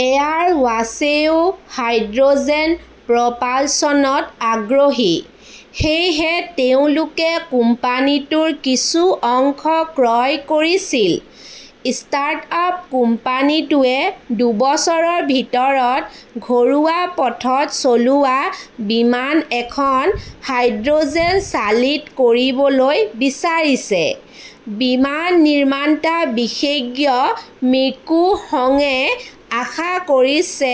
এয়াৰবাছেও hydrogen প্ৰপালচনত আগ্ৰহী। সেয়েহে তেওঁলোকে কোম্পানীটোৰ কিছু অংশ ক্ৰয় কৰিছিল। ষ্টাৰ্টআপ কোম্পানীটোৱে দুবছৰৰ ভিতৰত ঘৰুৱা পথত চলোৱা বিমান এখন হাইড্ৰ’জেন চালিত কৰিবলৈ বিচাৰিছে। বিমান নিৰ্মাতা বিশেষজ্ঞ মিৰ্কো হৰ্নঙে আশা কৰিছে,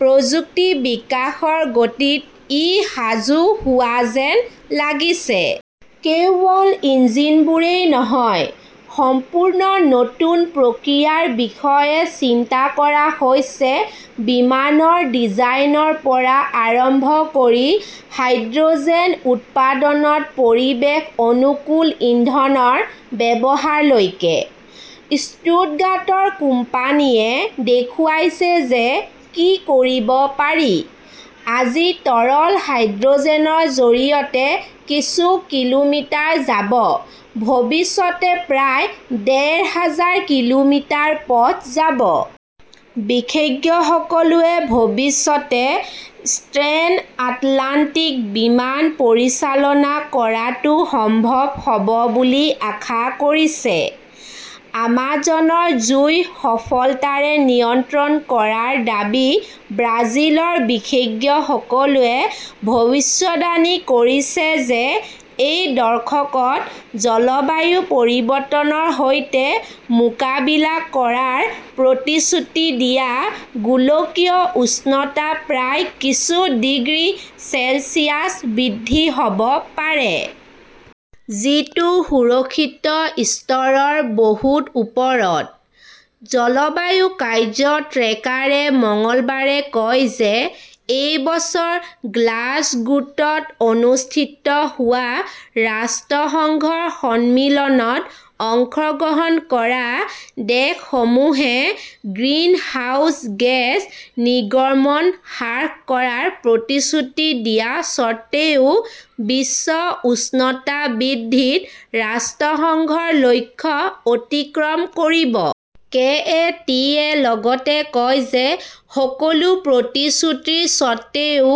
"প্ৰযুক্তিৰ বিকাশৰ গতিত ই সাজু হোৱা যেন লাগিছে।“ কেৱল ইঞ্জিনবোৰেই নহয়, সম্পূৰ্ণ নতুন প্ৰক্ৰিয়াৰ বিষয়ে চিন্তা কৰা হৈছে-বিমানৰ ডিজাইনৰ পৰা আৰম্ভ কৰি হাইড্ৰ’জেন উৎপাদনত পৰিৱেশ অনুকূল ইন্ধনৰ ব্যৱহাৰলৈকে। ষ্টুটগাৰ্টৰ কোম্পানীয়ে দেখুৱাইছে যে কি কৰিব পাৰি। আজি তৰল হাইড্ৰ’জেনৰ জৰিয়তে কিছু কিলোমিটাৰ যাব, ভৱিষ্যতে প্ৰায় ডেৰ হাজাৰ কিলোমিটাৰ পথ যাব। বিশেষজ্ঞসকলে ভৱিষ্যতে ট্ৰেন্স-আটলাণ্টিক বিমান পৰিচালনা কৰাটোও সম্ভৱ হ’ব বুলি আশা কৰিছে। আমাজনৰ জুই সফলতাৰে নিয়ন্ত্ৰণ কৰাৰ দাবী ব্ৰাজিলৰ বিশ্লেষকসকলে ভৱিষ্যদ্বাণী কৰিছে যে এই দশকত জলবায়ু পৰিৱৰ্তনৰ সৈতে মোকাবিলা কৰাৰ প্ৰতিশ্ৰুতি দিয়া গোলকীয় উষ্ণতা প্ৰায় কিছু ডিগ্ৰী চেলছিয়াছ বৃদ্ধি হ'ব পাৰে। যিটো সুৰক্ষিত স্তৰৰ বহুত ওপৰত। জলবায়ু কাৰ্য্য ট্ৰেকাৰে মঙলবাৰে কয় যে এই বছৰ গ্লাছগোত অনুষ্ঠিত হোৱা ৰাষ্ট্ৰসংঘৰ সন্মিলনত অংশগ্ৰহণ কৰা দেশসমূহে গ্ৰিনহাউজ গেছ নিৰ্গমন হ্ৰাস কৰাৰ প্ৰতিশ্ৰুতি দিয়া স্বত্বেও, বিশ্ব উষ্ণতা বৃদ্ধিত ৰাষ্ট্ৰসংঘৰ লক্ষ্য অতিক্ৰম কৰিব। কে. এ. টি. য়ে লগতে কয় যে সকলো প্ৰতিশ্ৰুতিৰ স্বত্বেও,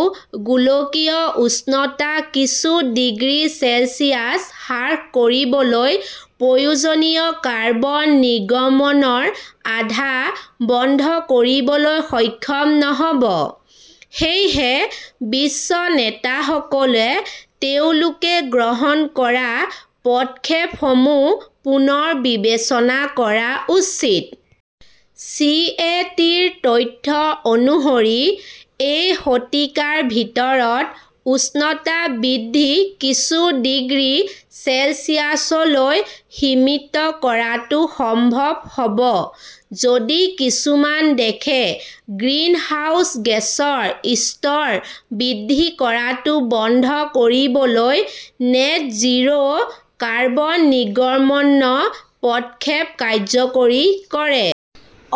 গোলকীয় উষ্ণতা কিছু ডিগ্ৰী চেলছিয়াছ হ্ৰাস কৰিবলৈ প্ৰয়োজনীয় কাৰ্বন নিৰ্গমনৰ আধা বন্ধ কৰিবলৈ সক্ষম নহ'ব। সেয়েহে বিশ্ব নেতাসকলে তেওঁলোকে গ্ৰহণ কৰা পদক্ষেপসমূহ পুনৰ বিবেচনা কৰা উচিত। চি. এ. টি. -ৰ তথ্য অনুসৰি, "এই শতিকাৰ ভিতৰত উষ্ণতা বৃদ্ধি কিছু ডিগ্ৰী চেলছিয়াছলৈ সীমিত কৰাটো সম্ভৱ হ’ব যদি কিছুমান দেশে গ্ৰীণহাউছ গেছৰ স্তৰ বৃদ্ধি কৰাটো বন্ধ কৰিবলৈ "নেট জিৰো কাৰ্বন নিৰ্গমন" পদক্ষেপ কাৰ্যকৰী কৰে।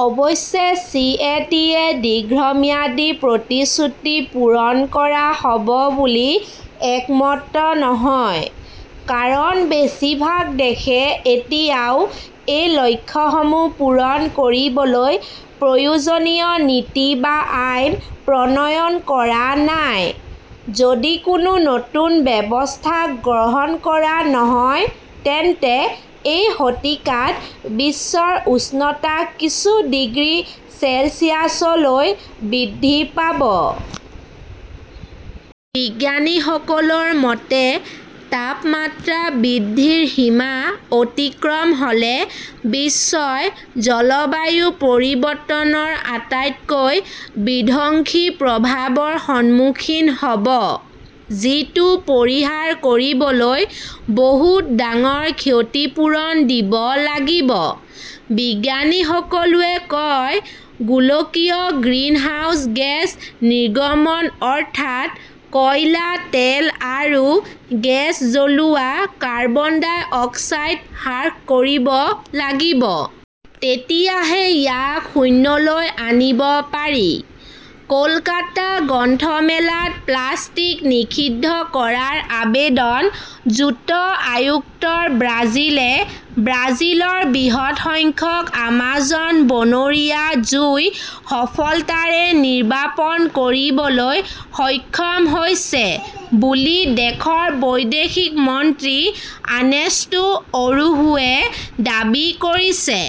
অৱশ্যে, চি. এ. টি. -য়ে দীৰ্ঘম্যাদী প্ৰতিশ্ৰুতি পূৰণ কৰা হ’ব বুলি একমত নহয়। কাৰণ বেছিভাগ দেশে এতিয়াও এই লক্ষ্যসমূহ পূৰণ কৰিবলৈ প্ৰয়োজনীয় নীতি বা আইন প্ৰণয়ন কৰা নাই। যদি কোনো নতুন ব্যৱস্থা গ্ৰহণ কৰা নহয়, তেন্তে এই শতিকাত বিশ্বৰ উষ্ণতা কিছু ডিগ্ৰী চেলছিয়াছলৈ বৃদ্ধি পাব। বিজ্ঞানীসকলৰ মতে, তাপমাত্ৰা বৃদ্ধিৰ সীমা অতিক্ৰম হ’লে বিশ্বই জলবায়ু পৰিৱৰ্তনৰ আটাইতকৈ বিধ্বংসী প্ৰভাৱৰ সন্মুখীন হ'ব। যিটো পৰিহাৰ কৰিবলৈ বহুত ডাঙৰ ক্ষতিপূৰণ দিব লাগিব। বিজ্ঞানীসকলে কয়, "গোলকীয় গ্ৰিনহাউজ গেছ নিৰ্গমন অৰ্থাৎ কয়লা, তেল আৰু গেছ জ্বলোৱা কাৰ্বন ডাই অক্সাইড হ্ৰাস কৰিব লাগিব। তেতিয়াহে ইয়াক শূন্যলৈ আনিব পাৰি। কলকাতা গ্ৰন্থ মেলাত প্লাষ্টিক নিষিদ্ধ কৰাৰ আবেদন জুট আয়ুক্তৰ ব্ৰাজিলে ব্ৰাজিলৰ বৃহৎ সংখ্যক আমাজন বনৰীয়া জুই সফলতাৰে নিৰ্বাপন কৰিবলৈ সক্ষম হৈছে বুলি দেশৰ বৈদেশিক মন্ত্ৰী আৰ্নেষ্টো অৰোহুৱে দাবী কৰিছে।